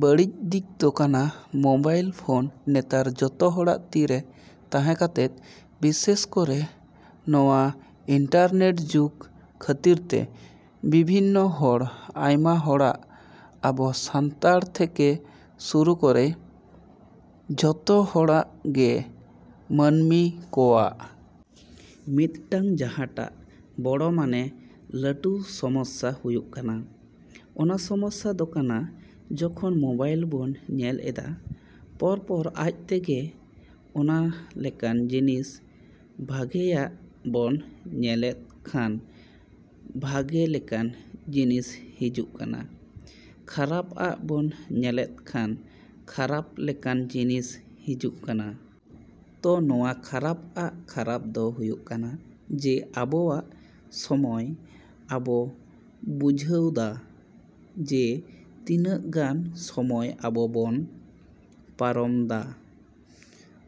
ᱵᱟᱹᱲᱤᱡ ᱫᱤᱠ ᱫᱚ ᱠᱟᱱᱟ ᱢᱳᱵᱟᱭᱤᱞ ᱯᱷᱳᱱ ᱱᱮᱛᱟᱨ ᱡᱚᱛᱚ ᱦᱚᱲᱟᱜ ᱛᱤᱨᱮ ᱛᱟᱸᱦᱮ ᱠᱟᱛᱮᱫ, ᱵᱤᱥᱮᱹᱥ ᱠᱚᱨᱮᱹ ᱱᱚᱣᱟ ᱤᱱᱴᱟᱨᱱᱮᱹᱴ ᱡᱩᱜᱽ ᱠᱷᱟᱹᱛᱤᱨ ᱛᱮ, ᱵᱤᱵᱷᱤᱱᱱᱚ ᱦᱚᱲ, ᱟᱭᱢᱟ ᱦᱚᱲᱟᱜ, ᱟᱵᱚ ᱥᱟᱱᱛᱟᱲ ᱛᱷᱮᱹᱠᱮᱹ ᱥᱩᱨᱩ ᱠᱚᱨᱮᱹ ᱡᱚᱛᱚ ᱦᱚᱲᱟᱜ ᱜᱮ ᱢᱟᱹᱱᱢᱤ ᱠᱚᱣᱟᱜ ᱢᱤᱫᱴᱮᱱ ᱡᱟᱸᱦᱟᱴᱟᱜ ᱵᱚᱲᱚ ᱢᱟᱱᱮ ᱞᱟᱹᱴᱩ ᱥᱚᱢᱚᱥᱥᱟ ᱦᱩᱭᱩᱜ ᱠᱟᱱᱟ, ᱚᱱᱟ ᱥᱚᱢᱚᱥᱥᱟ ᱫᱚ ᱠᱟᱱᱟ ᱡᱚᱠᱷᱚᱱ ᱢᱳᱵᱟᱭᱤᱞ ᱵᱚᱱ ᱧᱮᱞ ᱮᱫᱟ, ᱯᱚᱨ ᱯᱚᱨ ᱟᱡ ᱛᱮᱜᱮ ᱚᱱᱟ ᱞᱮᱠᱟᱱ ᱡᱤᱱᱤᱥ ᱵᱷᱟᱜᱮᱭᱟᱜ ᱵᱚᱱ ᱧᱮᱞᱮᱫ ᱠᱷᱟᱱ ᱵᱷᱟᱹᱜᱮ ᱞᱮᱠᱟᱱ ᱡᱤᱱᱤᱥ ᱦᱤᱡᱩᱜ ᱠᱟᱱᱟ, ᱠᱷᱟᱨᱟᱯ ᱟᱜ ᱵᱚᱱ ᱧᱮᱞᱮᱫ ᱠᱷᱟᱱ ᱠᱷᱟᱨᱟᱯ ᱞᱮᱠᱟᱱ ᱡᱤᱱᱤᱥ ᱦᱤᱡᱩᱜ ᱠᱟᱱᱟ᱾ ᱛᱚ ᱱᱚᱣᱟ ᱠᱷᱟᱨᱟᱯ ᱟᱜ ᱠᱷᱟᱨᱟᱯ ᱫᱚ ᱦᱩᱭᱩᱜ ᱠᱟᱱᱟ ᱡᱮ ᱟᱵᱚᱣᱟᱜ ᱥᱚᱢᱚᱭ ᱵᱟᱵᱚ ᱵᱩᱡᱷᱟᱹᱣ ᱫᱟ, ᱡᱮ ᱛᱤᱱᱟᱹᱜ ᱜᱟᱱ ᱥᱚᱢᱚᱭ ᱟᱵᱚ ᱵᱚᱱ ᱯᱟᱨᱚᱢ ᱫᱟ᱾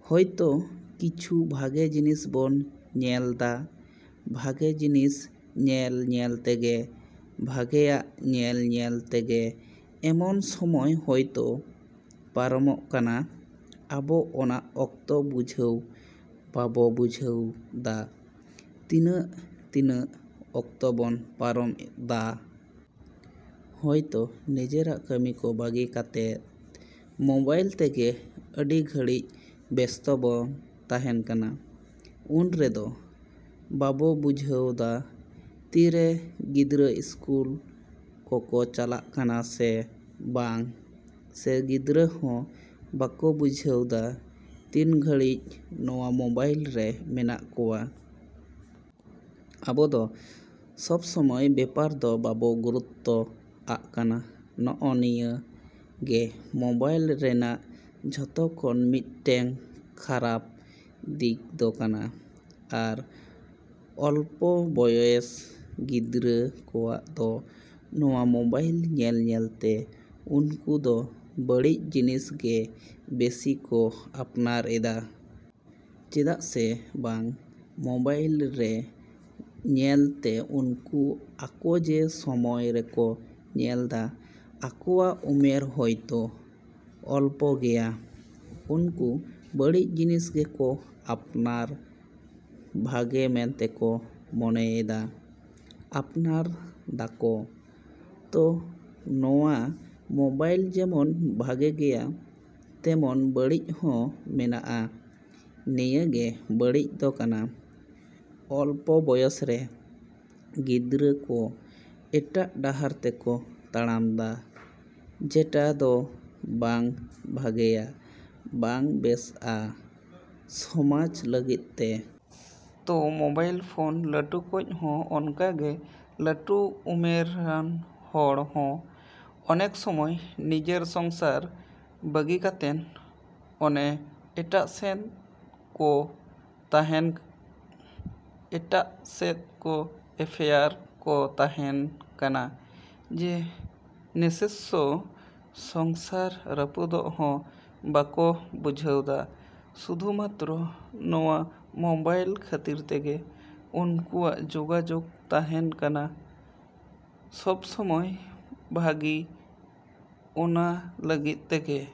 ᱦᱚᱭᱛᱚ ᱠᱤᱪᱷᱩ ᱵᱷᱟᱹᱜᱮ ᱡᱤᱱᱤᱥ ᱵᱚᱱ ᱧᱮᱞᱫᱟ, ᱵᱷᱟᱹᱜᱮ ᱡᱤᱱᱤᱥ ᱧᱮᱞ ᱧᱮᱞᱛᱮᱜᱮ, ᱵᱷᱟᱜᱮᱭᱟᱜ ᱧᱮᱞᱼᱧᱮᱞ ᱛᱮᱜᱮ ᱮᱢᱚᱱ ᱥᱚᱢᱚᱭ ᱦᱚᱭᱛᱚ ᱯᱟᱨᱚᱢᱚᱜ ᱠᱟᱱᱟ, ᱟᱵᱚ ᱚᱱᱟ ᱚᱠᱛᱚ ᱵᱩᱡᱷᱟᱹᱣ ᱵᱟᱵᱚ ᱵᱩᱡᱷᱟᱹᱣ ᱫᱟ ᱛᱤᱱᱟᱹᱜ ᱛᱤᱱᱟᱹᱜ ᱚᱠᱛᱚ ᱵᱚᱱ ᱯᱟᱨᱚᱢ ᱫᱟ᱾ ᱦᱚᱭ ᱛᱳ ᱱᱤᱡᱮᱨᱟᱜ ᱠᱟᱹᱢᱤ ᱠᱚ ᱵᱟᱹᱜᱮ ᱠᱟᱛᱮᱫ ᱢᱳᱵᱟᱭᱤᱞ ᱛᱮᱜᱮ ᱟᱹᱰᱤ ᱜᱷᱟᱹᱲᱤᱡ ᱵᱮᱥᱛᱚ ᱵᱚᱱ ᱛᱟᱸᱦᱮᱱ ᱠᱟᱱᱟ᱾ ᱩᱱ ᱨᱮᱫᱚ ᱵᱟᱵᱚ ᱵᱩᱡᱷᱟᱹᱣ ᱫᱟ ᱛᱤᱨᱮ ᱜᱤᱫᱽᱨᱟᱹ ᱥᱠᱩᱞ ᱠᱚᱠᱚ ᱪᱟᱞᱟᱜ ᱠᱟᱱᱟ ᱥᱮ ᱵᱟᱝ, ᱥᱮ ᱜᱤᱫᱽᱨᱟᱹ ᱦᱚᱸ ᱵᱟᱠᱚ ᱵᱩᱡᱷᱟᱹᱣ ᱫᱟ ᱛᱤᱱ ᱜᱷᱟᱹᱲᱤᱡ ᱱᱚᱣᱟ ᱢᱳᱵᱟᱭᱤᱞ ᱨᱮ ᱢᱮᱱᱟᱜ ᱠᱚᱣᱟ᱾ ᱟᱵᱚ ᱫᱚ ᱥᱚᱢᱚᱭ ᱵᱮᱯᱟᱨ ᱫᱚ ᱵᱟᱵᱚ ᱜᱩᱨᱩᱛᱛᱚ ᱟᱜ ᱠᱟᱱᱟ, ᱱᱚᱜᱼᱚ ᱱᱤᱭᱟᱹ ᱜᱮ ᱢᱳᱵᱟᱭᱤᱞ ᱨᱮᱱᱟᱜ ᱡᱚᱛᱚᱠᱷᱚᱱᱟᱜ ᱢᱤᱫᱴᱮᱱ ᱠᱷᱟᱨᱟᱯ ᱫᱤᱠ ᱫᱚ ᱠᱟᱱᱟ᱾ ᱟᱨ ᱚᱞᱯᱚ ᱵᱚᱭᱮᱥ ᱜᱤᱫᱽᱨᱟᱹ ᱠᱚᱣᱟᱜ ᱫᱚ ᱱᱚᱣᱟ ᱢᱳᱵᱟᱭᱤᱞ ᱧᱮᱞ ᱧᱮᱞᱛᱮ ᱩᱱᱠᱩ ᱫᱚ ᱵᱟᱹᱲᱤᱡ ᱡᱤᱱᱤᱥ ᱜᱮ ᱵᱮᱥᱤ ᱠᱚ ᱟᱯᱱᱟᱨ ᱮᱫᱟ᱾ ᱪᱮᱫᱟᱜ ᱥᱮ ᱵᱟᱝ ᱢᱳᱵᱟᱭᱤᱞ ᱨᱮ ᱧᱮᱞᱛᱮ ᱩᱱᱠᱩ ᱟᱠᱚ ᱡᱮ ᱥᱚᱢᱚᱭ ᱨᱮᱠᱚ ᱧᱮᱞᱫᱟ ᱟᱠᱚᱣᱟᱜ ᱩᱢᱮᱨ ᱦᱚᱭᱛᱚ ᱚᱞᱯᱚ ᱜᱮᱭᱟ᱾ ᱩᱱᱠᱩ ᱵᱟᱹᱲᱤᱡ ᱡᱤᱱᱤᱥ ᱜᱮᱠᱚ ᱟᱯᱱᱟᱨ ᱵᱷᱟᱹᱜᱮ ᱢᱮᱱᱛᱮᱠᱚ ᱢᱚᱱᱮᱭᱮᱫᱟ, ᱟᱯᱱᱟᱨ ᱫᱟᱠᱚ᱾ ᱛᱳ ᱱᱚᱣᱟ ᱢᱳᱵᱟᱭᱤᱞ ᱡᱮᱢᱚᱱ ᱵᱷᱟᱹᱜᱮ ᱜᱮᱭᱟ ᱛᱮᱢᱚᱱ ᱵᱟᱹᱲᱤᱡ ᱦᱚᱸ ᱢᱮᱱᱟᱜᱼᱟ, ᱱᱤᱭᱟᱹ ᱜᱮ ᱵᱟᱹᱲᱤᱡ ᱫᱚ ᱠᱟᱱᱟ ᱚᱞᱯᱚ ᱵᱚᱭᱮᱥᱨᱮ ᱜᱤᱫᱽᱨᱟᱹ ᱠᱚ ᱮᱴᱟᱜ ᱰᱟᱦᱟᱨ ᱛᱮᱠᱚ ᱛᱟᱲᱟᱢ ᱫᱟ, ᱡᱮᱴᱟ ᱫᱚ ᱵᱟᱝ ᱵᱷᱟᱹᱜᱮᱭᱟ, ᱵᱟᱝ ᱵᱮᱥᱼᱟ ᱥᱚᱢᱟᱡᱽ ᱞᱟᱹᱜᱤᱫ ᱛᱮ᱾ ᱛᱳ ᱢᱳᱵᱟᱭᱤᱞ ᱯᱷᱳᱱ ᱞᱟᱹᱴᱩ ᱠᱚᱡ ᱦᱚᱸ ᱚᱱᱠᱟᱜᱮ ᱞᱟᱹᱴᱩ ᱩᱢᱮᱨᱟᱱ ᱦᱚᱲ ᱦᱚᱸ ᱚᱱᱮᱠ ᱥᱚᱢᱚᱭ ᱱᱤᱡᱮᱨ ᱥᱚᱝᱥᱟᱨ ᱵᱟᱹᱜᱤ ᱠᱟᱛᱮᱱ ᱚᱱᱮ ᱮᱴᱟᱜ ᱥᱮᱫ ᱠᱚ ᱛᱟᱸᱦᱮᱱ, ᱮᱴᱟᱜ ᱥᱮᱫ ᱠᱚ ᱮᱯᱷᱮᱭᱟᱨ ᱠᱚ ᱛᱟᱸᱦᱮᱱ ᱠᱟᱱᱟ, ᱡᱮ ᱱᱤᱥᱚᱥᱥᱚ ᱥᱚᱝᱥᱟᱨ ᱨᱟᱹᱯᱩᱫᱚᱜ ᱦᱚᱸ ᱵᱟᱠᱚ ᱵᱩᱡᱷᱟᱹᱣ ᱫᱟ, ᱥᱩᱫᱷᱩ ᱢᱟᱛᱨᱚ ᱱᱚᱣᱟ ᱢᱳᱵᱟᱭᱤᱞ ᱠᱷᱟᱹᱛᱤᱨ ᱛᱮᱜᱮ ᱩᱱᱠᱩᱣᱟᱜ ᱡᱳᱜᱟᱡᱳᱜᱽ ᱛᱟᱸᱦᱮᱱ ᱠᱟᱱᱟ ᱥᱚᱵᱽ ᱥᱚᱢᱚᱭ ᱵᱷᱟᱹᱜᱤ ᱚᱱᱟ ᱞᱟᱹᱜᱤᱫ ᱛᱮᱜᱮ᱾